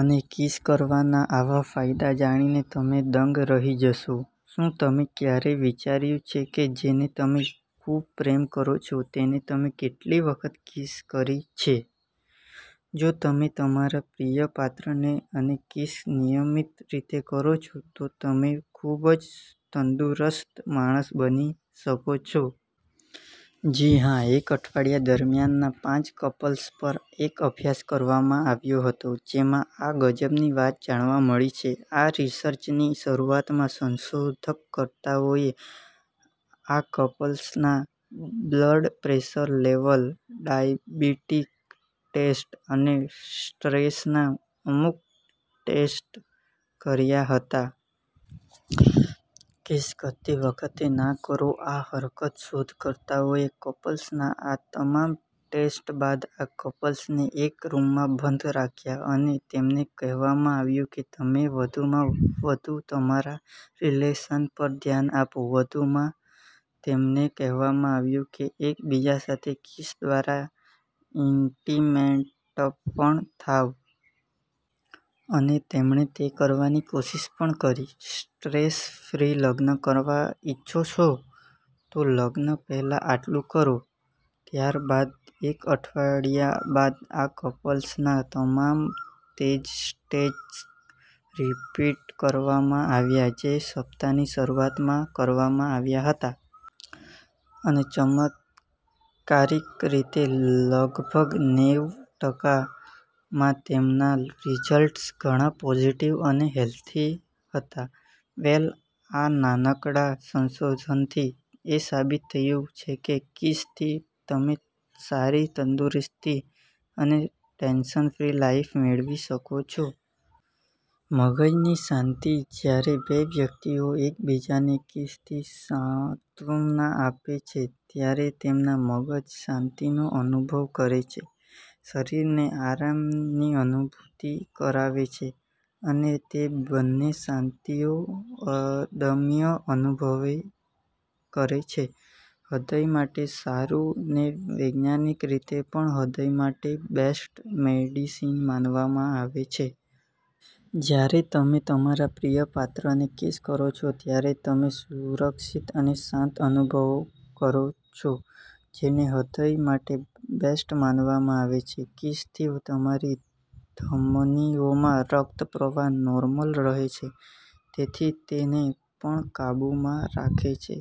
અને કિસ કરવાના આવા ફાયદા જાણીને તમે દંગ રહી જશો. શું તમે ક્યારેય વિચાર્યુ છેકે જેને તમે ખુબ પ્રેમ કરો છો તેને તમે કેટલી વખત કિસ કરી છે? જો તમે તમારા પ્રિય પાત્રને અને કિસ નિયમીત રીતે કરો છો, તો તમે ખુબ જ તંદુરસ્ત માણસ બની શકો છો. જી હા, એક અઠવાડિયા દરમ્યાન પાંચ કપલ્સ પર એક અભ્યાસ કરવામાં આવ્યો હતો જેમા આ ગજબની વાત જાણવા મળી છે. આ રીસર્ચની શરૂઆતમાં સંશોધકર્તાઓએ આ કપલ્સના blood pressure level, diabetic test, અને સ્ટ્રેસના અમુક ટેસ્ટ કર્યા હતા. કિસ કરતી વખતે ના કરો આ હરકત શોધકર્તાઓએ કપલ્સના આ તમામ ટેસ્ટ બાદ આ કપલ્સને એક રૂમમાં બંધ રાખ્યા અને તેમને કહેવામાં આવ્યુ કે તમે વધુમાં વધુ તમારા રીલેશન પર ધ્યાન આપો વધુમાં તેમને કહેવામાં આવ્યુ કે એકબીજા સાથે કિસ દ્વારા ઇન્ટીમેટપણ થાવ. અને તેમણે તે કરવાની કોશિષ પણ કરી. સ્ટ્રેસ ફ્રી લગ્ન કરવા ઇચ્છો છો? તો લગ્ન પહેલા આટલું કરો .ત્યારબાદ એક અઠવાડિયા બાદ આ કપલ્સના તમામ તેજ સ્ટેજ રીપીટ કરવામાં આવ્યા જે સપ્તાહની શરૂઆતમાં કરવામાં આવ્યા હતા. અને ચમત્કારિક રીતે લગભગ નેવ ટકા માં તેમના રીઝલ્ટ્સ ઘણાં પોઝીટીવ અને હેલ્થી હતા. વેલ આ નાનકડા સંશોધનથી એ સાબિત થયુ છે કે કિસ થી તમેં સારી તંદુરસ્તી અને ટેન્શન ફ્રી લાઇફ મેળવી શકો છો. મગજની શાંતિ જ્યારે બે વ્યક્તિઓ એકબીજાને કિસથી સાંત્વના આપે છે, ત્યારે તેમના મગજ શાંતિનો અનુભવ કરે છે. શરીરને આરામની અનુભૂતિ કરાવે છે, અને તે બંને શાંતિઓ અદમ્ય અનુભવ કરે છે. હ્રદય માટે સારૂં ને વૈજ્ઞાનિક રીતે પણ હ્રદય માટે બેસ્ટ મેડિસીન માનવામાં આવે છે. જ્યારે તમે તમારા પ્રિય પાત્રને કિસ કરો છો, ત્યારે તમે સુરક્ષિત અને શાંત અનુભવ કરો છો. જેને હ્રદય માટે બેસ્ટ માનવામાં આવે છે. કિસ થી તમારી ધમનીઓમાં રક્તપ્રવાહ નોર્મલ રહે છે, તેથી તે ને પણ કાબુમાં રાખે છે.